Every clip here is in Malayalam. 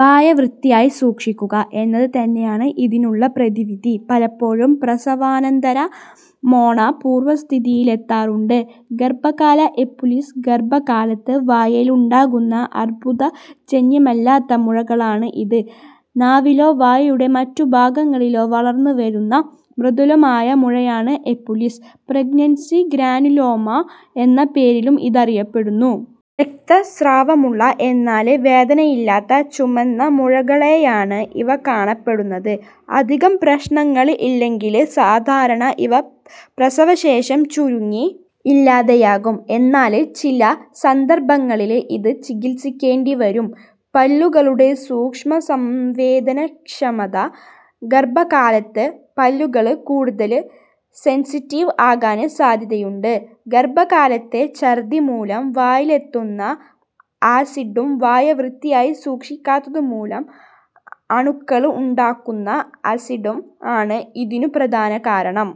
വായ വൃത്തിയായി സൂക്ഷിക്കുക എന്നത് തന്നെയാണ് ഇതിനുള്ള പ്രതിവിധി. പലപ്പോഴും പ്രസവാനന്തരം മോണ പൂര്വ്വസ്ഥിതിയില് എത്താറുണ്ട്. ഗര്ഭകാല എപുലിസ് ഗര്ഭകാലത്ത് വായില് ഉണ്ടാകുന്ന അര്ബുദജന്യമല്ലാത്ത മുഴകളാണ് ഇത്. നാവിലോ വായുടെ മറ്റു ഭാഗങ്ങളിലോ വളര്ന്നുവരുന്ന മൃദുലമായ മുഴയാണ് എപുലിസ്. പ്രഗ്നന്സി ഗ്രാനുലോമ എന്ന പേരിലും ഇതറിയപ്പെടുന്നു. രക്തസ്രാവമുള്ള, എന്നാല് വേദനയില്ലാത്ത ചുമന്ന മുഴകളായാണ് ഇവ കാണപ്പെടുന്നത്. അധികം പ്രശ്നങ്ങള് ഇല്ലെങ്കില് സാധാരണ ഇവ പ്രസവശേഷം ചുരുങ്ങി ഇല്ലാതെയാകും. എന്നാല് ചില സന്ദര്ഭങ്ങളില് ഇത് ചികിത്സിക്കേണ്ടി വരും. പല്ലുകളുടെ സൂക്ഷ്മസംവേദനക്ഷമത ഗര്ഭകാലത്ത് പല്ലുകള് കൂടുതല് സെന്സിറ്റീവ് ആകാന് സാധ്യതയുണ്ട്. ഗര്ഭകാലത്തെ ചര്ദ്ദി മൂലം വായിലെത്തുന്ന ആസിഡും വായ വൃത്തിയായി സൂക്ഷിക്കാത്തത് മൂലം അണുക്കള് ഉണ്ടാക്കുന്ന ആസിഡും ആണ് ഇതിനു പ്രധാന കാരണം.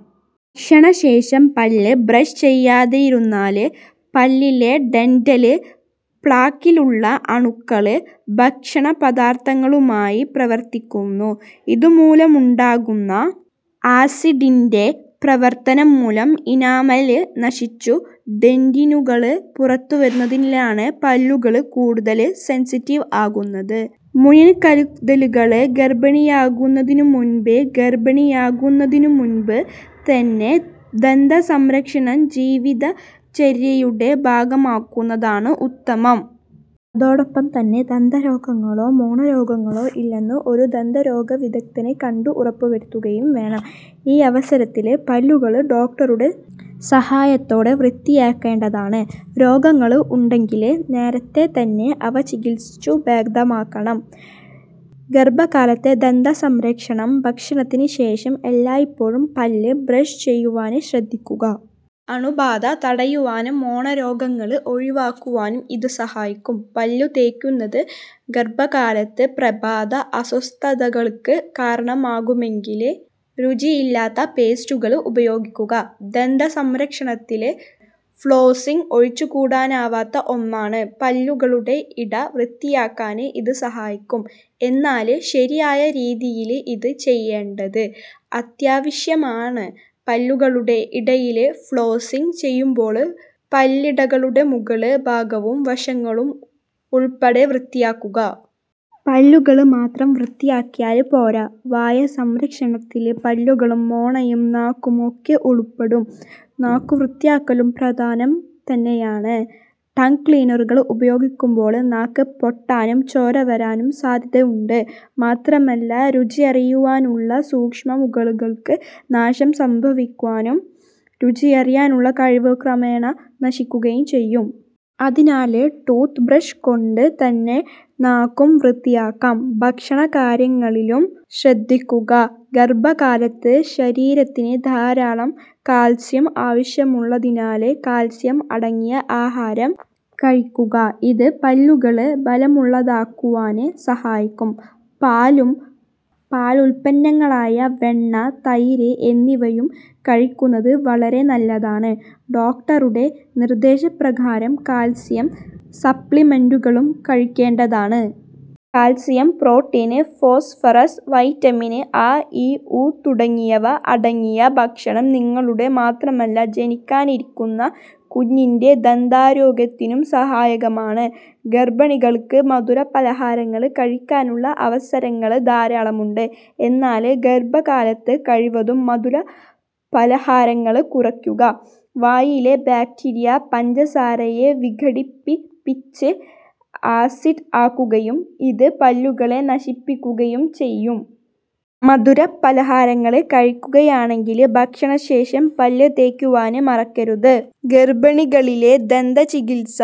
ഭക്ഷണശേഷം പല്ല് ബ്രഷ് ചെയ്യതെയിരുന്നാല് പല്ലിലെ ഡെന്റല് പ്ലാക്കിലുള്ള അണുക്കള് ഭക്ഷണപദാര്ഥങ്ങളുമായി പ്രവര്ത്തിക്കുന്നു. ഇതുമൂലമുണ്ടാകുന്ന ആസിഡിന്റെ പ്രവര്ത്തനം മൂലം ഇനാമല് നശിച്ചു ഡെന്റിനുകള് പുറത്തു വരുന്നതിനാലാണ് പല്ലുകള് കൂടുതല് സെന്സിറ്റീവ് ആകുന്നത്. മുന്കരുതലുകള് ഗര്ഭിണിയാകുന്നതിനു മുന്പേ ഗര്ഭിണിയാകുന്നതിനു മുന്പ് തന്നെ ദന്ത സംരക്ഷണം ജീവിതചര്യയുടെ ഭാഗമാക്കുന്നതാണ് ഉത്തമം. അതോടൊപ്പം തന്നെ, ദന്ത രോഗങ്ങളോ മോണരോഗങ്ങളോ ഇല്ലെന്നു ഒരു ദന്തരോഗ വിദഗ്ധനെ കണ്ടു ഉറപ്പു വരുത്തുകയും വേണം. ഈ അവസരത്തില് പല്ലുകള് ഡോക്ടറുടെ സഹായത്തോടെ വൃത്തിയാക്കേണ്ടതാണ്. രോഗങ്ങള് ഉണ്ടെങ്കില് നേരത്തെ തന്നെ അവ ചികിത്സിച്ചു ഭേദമാക്കണം. ഗര്ഭകാലത്തെ ദന്ത സംരക്ഷണം ഭക്ഷണത്തിന് ശേഷം എല്ലായ്പ്പോഴും പല്ല് ബ്രഷ് ചെയ്യുവാന് ശ്രദ്ധിക്കുക. അണുബാധ തടയുവാനും മോണരോഗങ്ങള് ഒഴിവാക്കുവാനും ഇത് സഹായിക്കും. പല്ലുതേയ്ക്കുന്നത് ഗര്ഭകാലത്ത് പ്രഭാത അസ്വസ്ഥതകള്ക്ക് കാരണമാകുമെങ്കില് രുചിയില്ലാത്ത പേസ്റ്റുകള് ഉപയോഗിക്കുക. ദന്ത സംരക്ഷണത്തില് ഫ്ലോസ്സിങ് ഒഴിച്ചുകൂടാനാവാത്ത ഒന്നാണ്. പല്ലുകളുടെ ഇട വൃത്തായാക്കാന് ഇത് സഹായിക്കും. എന്നാല് ശരിയായ രീതിയില് ഇത് ചെയ്യേണ്ടത് അത്യാവശ്യമാണ്. പല്ലുകളുടെ ഇടയില് ഫ്ലോസ്സിങ് ചെയ്യുമ്പോള് പല്ലിടകളുടെ മുകള് ഭാഗവും വശങ്ങളും ഉള്പ്പടെ വൃത്തിയാക്കുക. പല്ലുകള് മാത്രം വൃത്തിയാക്കിയാല് പോര. വായ സംരക്ഷണത്തില് പല്ലുകളും, മോണയും, നാക്കും ഒക്കെ ഉള്പ്പെടും. നാക്കു വൃത്തിയാക്കലും പ്രധാനം തന്നെയാണ്. ടങ് ക്ലീനറുകള് ഉപയോഗിക്കുമ്പോള് നാക്ക് പൊട്ടാനും ചോര വരാനും സാധ്യത ഉണ്ട്. മാത്രമല്ല രുചിയറിയുവാനുള്ള സൂക്ഷ്മ മുകളങ്ങള്ക്ക് നാശം സംഭവിക്കുകയും രുചിയറിയാനുള്ള കഴിവ് ക്രമേണ നശിക്കുകയും ചെയ്യും. അതിനാല് ടൂത്ത് ബ്രഷ് കൊണ്ടു തന്നെ നാക്കും വൃത്തിയാക്കാം. ഭക്ഷണകാര്യങ്ങളിലും ശ്രദ്ധിക്കുക. ഗര്ഭ കാലത്ത് ശരീരത്തിന് ധാരാളം കാത്സ്യം ആവശ്യമുള്ളതിനാല് കാത്സ്യം അടങ്ങിയ ആഹാരം കഴിക്കുക. ഇത് പല്ലുകള് ബലമുള്ളതാക്കുവാന് സഹായിക്കും. പാലും പാലുത്പന്നങ്ങളായ വെണ്ണ, തൈര് എന്നിവയും കഴിക്കുന്നത് വളരെ നല്ലതാണ്. ഡോക്ടറുടെ നിര്ദേശ പ്രകാരം കാത്സ്യം സപ്ലിമെന്റുകളും കഴിക്കേണ്ടതാണ്. Calcium, protein, phosphorus, vitamin A, E, ഉ തുടങ്ങിയവ അടങ്ങിയ ഭക്ഷണം നിങ്ങളുടെ മാത്രമല്ല ജനിക്കാനിരിക്കുന്ന കുഞ്ഞിന്റെ ദന്താരോഗ്യത്തിനും സഹായകമാണ്. ഗര്ഭിണികള്ക്ക് മധുര പലഹാരങ്ങള് കഴിക്കാനുള്ള അവസരങ്ങള് ധാരാളമുണ്ട്. എന്നാല്, ഗര്ഭ കാലത്ത് കഴിവതും മധുര പലഹാരങ്ങള് കുറയ്ക്കുക. വായിലെ ബാക്ടീരിയ പഞ്ചസാരയെ വിഘടിപ്പിപ്പിച്ച് ആസിഡ് ആക്കുകയും ഇത് പല്ലുകളെ നശിപ്പിക്കുകയും ചെയ്യും. മധുര പലഹാരങ്ങള് കഴിക്കുകയാണെങ്കില് ഭക്ഷണശേഷം പല്ല് തേയ്ക്കുവാന് മറക്കരുത്. ഗര്ഭിണികളിലെ ദന്ത ചികിത്സ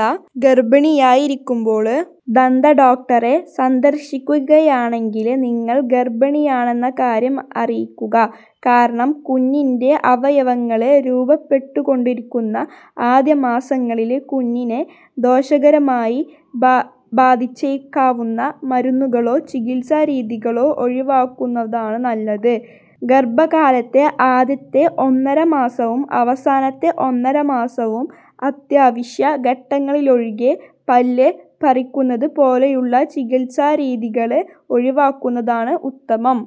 ഗര്ഭിണിയായിരിക്കുമ്പോള് ദന്തഡോക്ടറെ സന്ദര്ശിക്കുകയാണെങ്കില് നിങ്ങള് ഗര്ഭിണിയാണെന്ന കാര്യം അറിയിക്കുക. കാരണം കുഞ്ഞിന്റെ അവയവങ്ങള് രൂപപ്പെട്ടുകൊണ്ടിരിക്കുന്ന ആദ്യ മാസങ്ങളില് കുഞ്ഞിനെ ദോഷകരമായി ബാധിച്ചേക്കാവുന്ന മരുന്നുകളോ ചികിത്സാരീതികളോ ഒഴിവാക്കുന്നതാണ് നല്ലത്. ഗര്ഭകാലത്തെ ആദ്യത്തെ ഒന്നര മാസവും അവസാനത്തെ ഒന്നര മാസവും അത്യാവശ്യ ഘട്ടങ്ങളിലൊഴികെ പല്ല് പറിക്കുന്നത് പോലെയുള്ള ചികിത്സാരീതികള് ഒഴിവാക്കുന്നതാണ് ഉത്തമം.